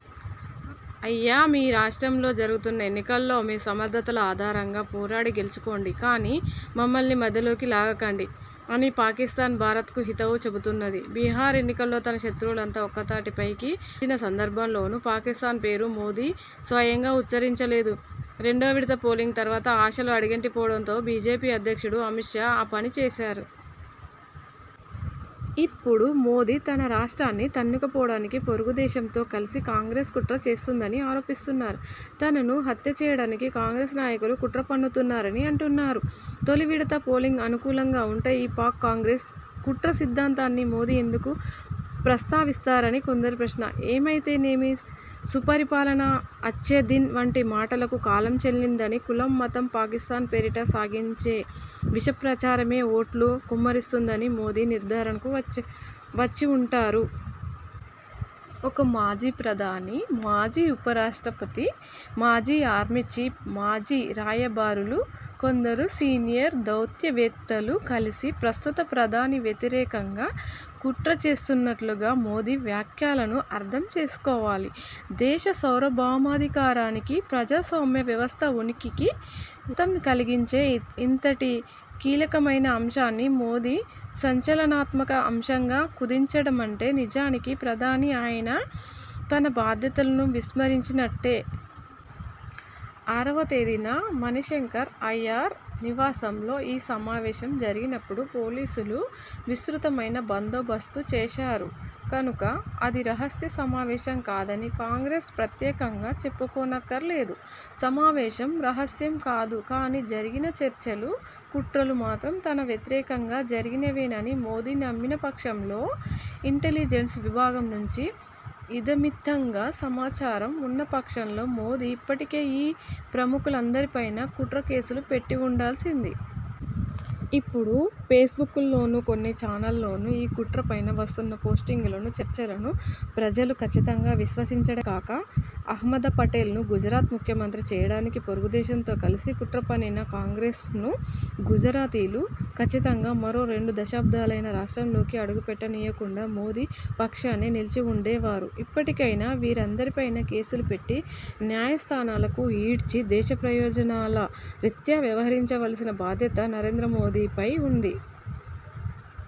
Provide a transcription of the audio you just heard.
'అయ్యా! మీ రాష్ట్రంలో జరుగుతున్న ఎన్నికల్లో మీ సమర్థతల ఆధారంగా పోరాడి గెల్చుకోండి కానీ, మమ్మల్ని మధ్యలోకి లాగకండి' అని పాకిస్థాన్ భారత్కు హితవు చెబుతున్నది. బీహార్ ఎన్నికల్లో తన శత్రువులంతా ఒక్కతాటిపైకి వచ్చిన సందర్భంలోనూ పాకిస్థాన్ పేరు మోదీ స్వయంగా ఉచ్చరించలేదు. రెండువిడతల పోలింగ్ తరువాత ఆశలు అడుగంటిపోవడంతో బీజేపీ అధ్యక్షుడు అమిత్ షా ఆ పనిచేశారు. ఇప్పుడు మోదీ తన రాష్ట్రాన్ని తన్నుకుపోవడానికి పొరుగుదేశంతో కలసి కాంగ్రెస్ కుట్ర చేస్తున్నదని ఆరోపిస్తున్నారు. తనను హత్యచేయడానికి కాంగ్రెస్ నాయకులు కుట్రపన్నుతున్నారని అంటున్నారు. తొలివిడత పోలింగ్ అనుకూలంగా ఉంటే, ఈ పాక్–కాంగ్రెస్ కుట్ర సిద్ధాంతాన్ని మోదీ ఎందుకు ప్రస్తావిస్తారని కొందరి ప్రశ్న. ఏమైతేనేమి, సుపరిపాలన, అచ్ఛేదిన్ వంటి మాటలకు కాలం చెల్లిందనీ, కులం, మతం, పాకిస్థాన్ పేరిట సాగించే విషప్రచారమే ఓట్లు కుమ్మరిస్తుందని మోదీ నిర్థారణకు వచ్చివుంటారు. ఒక మాజీ ప్రధాని, మాజీ ఉపరాష్ట్రపతి, మాజీ ఆర్మీచీఫ్, మాజీ రాయబారులు, కొందరు సీనియర్ దౌత్యవేత్తలు కలసి ప్రస్తుత ప్రధానికి వ్యతిరేకంగా కుట్రచేసినట్టుగా మోదీ వ్యాఖ్యలను అర్థం చేసుకోవాలి. దేశ సార్వభౌమాధికారానికీ, ప్రజాస్వామ్య వ్యవస్థ ఉనికికీ విఘాతం కలిగించే ఇంతటి కీలకమైన అంశాన్ని మోదీ సంచలన్మాతక అశంగా కుదించడమంటే నిజానికి ప్రధాని ఆయన తన బాధ్యతలను విస్మరించినట్టే. ఆరవతేదీన మణిశంకర్ అయ్యర్ నివాసంలో ఈ సమావేశం జరిగినప్పుడు పోలీసులు విస్తృతమైన బందోబస్తు చేశారు కనుక, అది రహస్య సమావేశం కాదని కాంగ్రెస్ ప్రత్యేకంగా చెప్పుకోనక్కరలేదు. సమావేశం రహస్యం కాదు కానీ, జరిగిన చర్చలు, కుట్రలు మాత్రం తనకు వ్యతిరేకంగా జరిగినవేనని మోదీ నమ్మిన పక్షంలో, ఇంటలిజెన్స్ విభాగం నుంచి ఇదమిత్థంగా సమాచారం ఉన్న పక్షంలో మోదీ ఇప్పటికే ఈ ప్రముఖులందరిపైనా కుట్ర కేసులు పెట్టివుండాల్సింది. ఇప్పుడు ఫేస్బుక్కుల్లోనూ, కొన్ని చానెళ్ళలోనూ ఈ కుట్రపై వస్తున్న పోస్టింగులనూ, చర్చలను ప్రజలు కచ్చితంగా విశ్వసించడమే కాక, అహ్మద్పటేల్ను గుజరాత్ ముఖ్యమంత్రి చేయడానికి పొరుగుదేశంతో కలసి కుట్రపన్నిన కాంగ్రెస్ను గుజరాతీలు కచ్చితంగా మరో రెండుదశాబ్దాలైనా రాష్ట్రంలోకి అడుగుపెట్టనీయకుండా మోదీ పక్షానే నిలిచివుండేవారు. ఇప్పటికైనా, వీరందరిపైనా కేసులు పెట్టి న్యాయస్థానాలకు ఈడ్చి దేశ ప్రయోజనాల రీత్యా వ్యవహరించవలసిన బాధ్యత నరేంద్రమోదీపై ఉన్నది.